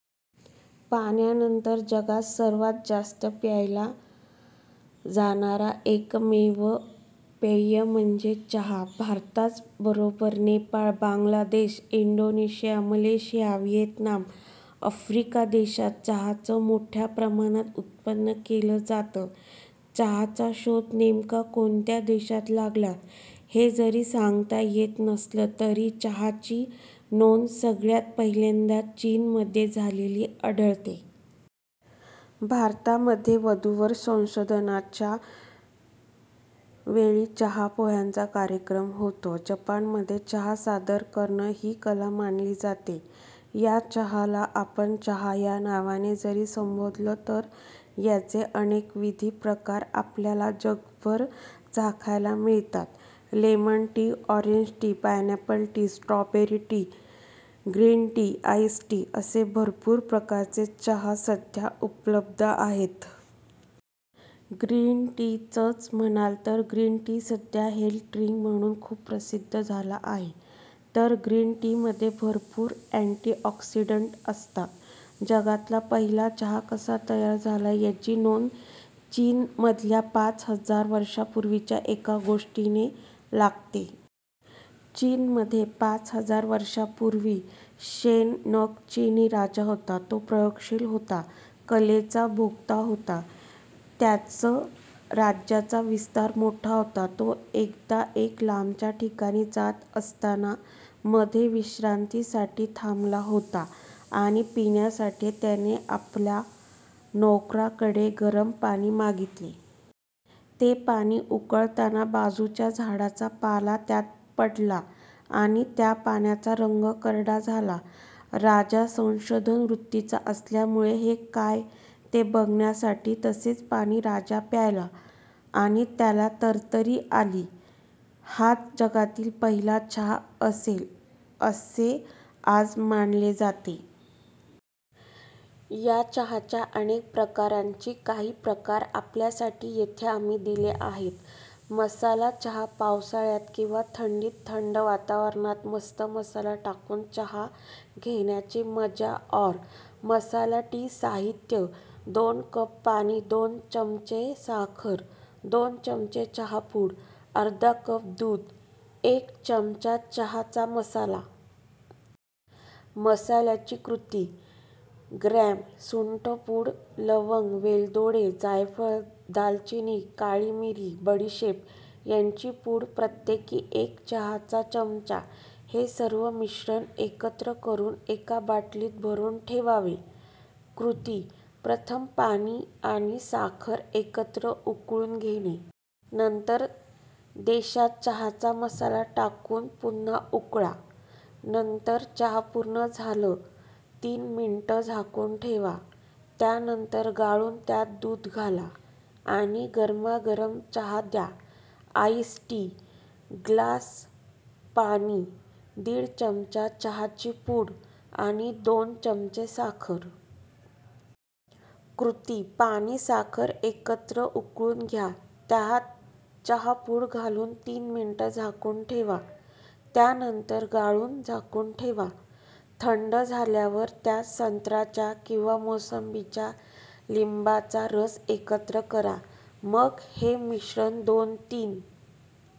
पाण्यानंतर जगात सर्वात जास्त प्यायल जाणार एकमेव पेय म्हणजे चहा. भारताबरोबरच Nepal, Bangladesh, Indonesia, Malaysia, Vietnam, Africa देशांत चहाचं मोठ्या प्रमाणात उत्पादन केला जातं. चहाचा शोध नेमका कोणत्या देशात लागला हे जरी सांगता येत नसलं तरी चहाची नोंद सगळ्यात पहिल्यांदा चीनमध्ये झालेली आढळते. भारतामध्ये वधूवर संशोधनाच्या वेळी चहा पोह्यांचा कार्यक्रम होतो, जपानमध्ये चहा सादर करण ही कला मानली जाते. या चहाला आपण चहा या नावाने जरी संबोधलं तर याचे अनेकविध प्रकार आपल्याला जगभरात चाखायला मिळतात. Lemon tea, orange tea, pineapple tea, strawberry tea, green tea ice tea असे भरपूर प्रकारचे चहा सध्या उपलब्ध आहेत. ग्रीन टी चं म्हणाल तर ग्रीन टी सध्या हेल्थ ड्रिंक म्हणून खूप प्रसिद्ध झाला आहे. तर ग्रीन टी मध्ये भरपूर अँटी ऑक्सीडेंट असतात. जगातला पहिला चहा कसा तयार झाला याची नोंद चीनमधल्या पाच हजार वर्षांपूर्वीच्या एका गोष्टीने लागते. चीनमध्ये पाच हजार वर्षांपूर्वी शेन नग चिनी राजा होता. तो प्रयोगशील होता. कलेचा भोक्ता होता. त्याच राज्याचा विस्तार मोठा होता. तो एकदा एका लांबच्या ठिकाणी जात असताना मध्ये विश्रांतीसाठी थांबला होता आणि पिण्यासाठी त्याने आपला नोकरांकडे गरम पाणी मागितले. ते पाणी उकळताना बाजूच्या झाडांचा पाला त्यात पडला आणि त्या पाण्याचा रंग करडा झाला. राजा संशोधन वृत्तीचा असल्यामुळे हे काय आहे ते बघण्यासाठी तसेच पाणी राजा प्यायला आणि त्याला तरतरी आली. हाच जगातील पहिला चहा असेल असे आज मानले जाते. या चहाच्या अनेक प्रकारांची काही प्रकार आपल्यासाठी येथे आम्ही दिले आहेत. मसाला चहा पावसाळ्यात किंवा थंडीत थंड वातावरणात मस्त मसाला टाकून चहा घेण्याची मजाच और! मसाला टी साहित्य: दोन कप पाणी, दोन चमचे साखर, दोन चमचे चहा पूड, अर्धा कप दूध आणि एक चमचा चहाचा मसाला. मसाल्याची कृती – ग्रॅम, सुंठपूड, लवंग, वेलदोडे, जायफळ, दालचिनी, काळीमिरी, बडिशेप ह्यांची पूड प्रत्येकी एक चहाचा चमचा. हे सर्व मिश्रण एकत्र करून एका बाटलीत भरून ठेवावे. कृती: प्रथम पाणी आणि साखर एकत्र उकळून घेणे. नंतर देशात चहाचा मसाला टाकून पुन्हा उकळा. नंतर चहा पूर्ण झालं तीन मिनिटं झाकून ठेवा. त्यानंतर गाळून त्यात दूध घाला आणि गरमगरम चहा द्या. आइस टी: ग्लास पाणी, दीड चमचा चहाची पूड आणि दोन चमचे साखर. कृती: पाणी आणि साखर एकत्र उकळून घ्या. त्यात चहा पूड घालून तीन मिनिटं झाकून ठेवा. त्यानंतर गाळून झाकून ठेवा. थंड झाल्यावर त्यात संत्र्याच्या किंवा मोसंबीचा, लिंबाचा रस एकत्र करा. आणि मग हे मिश्रण दोन तीन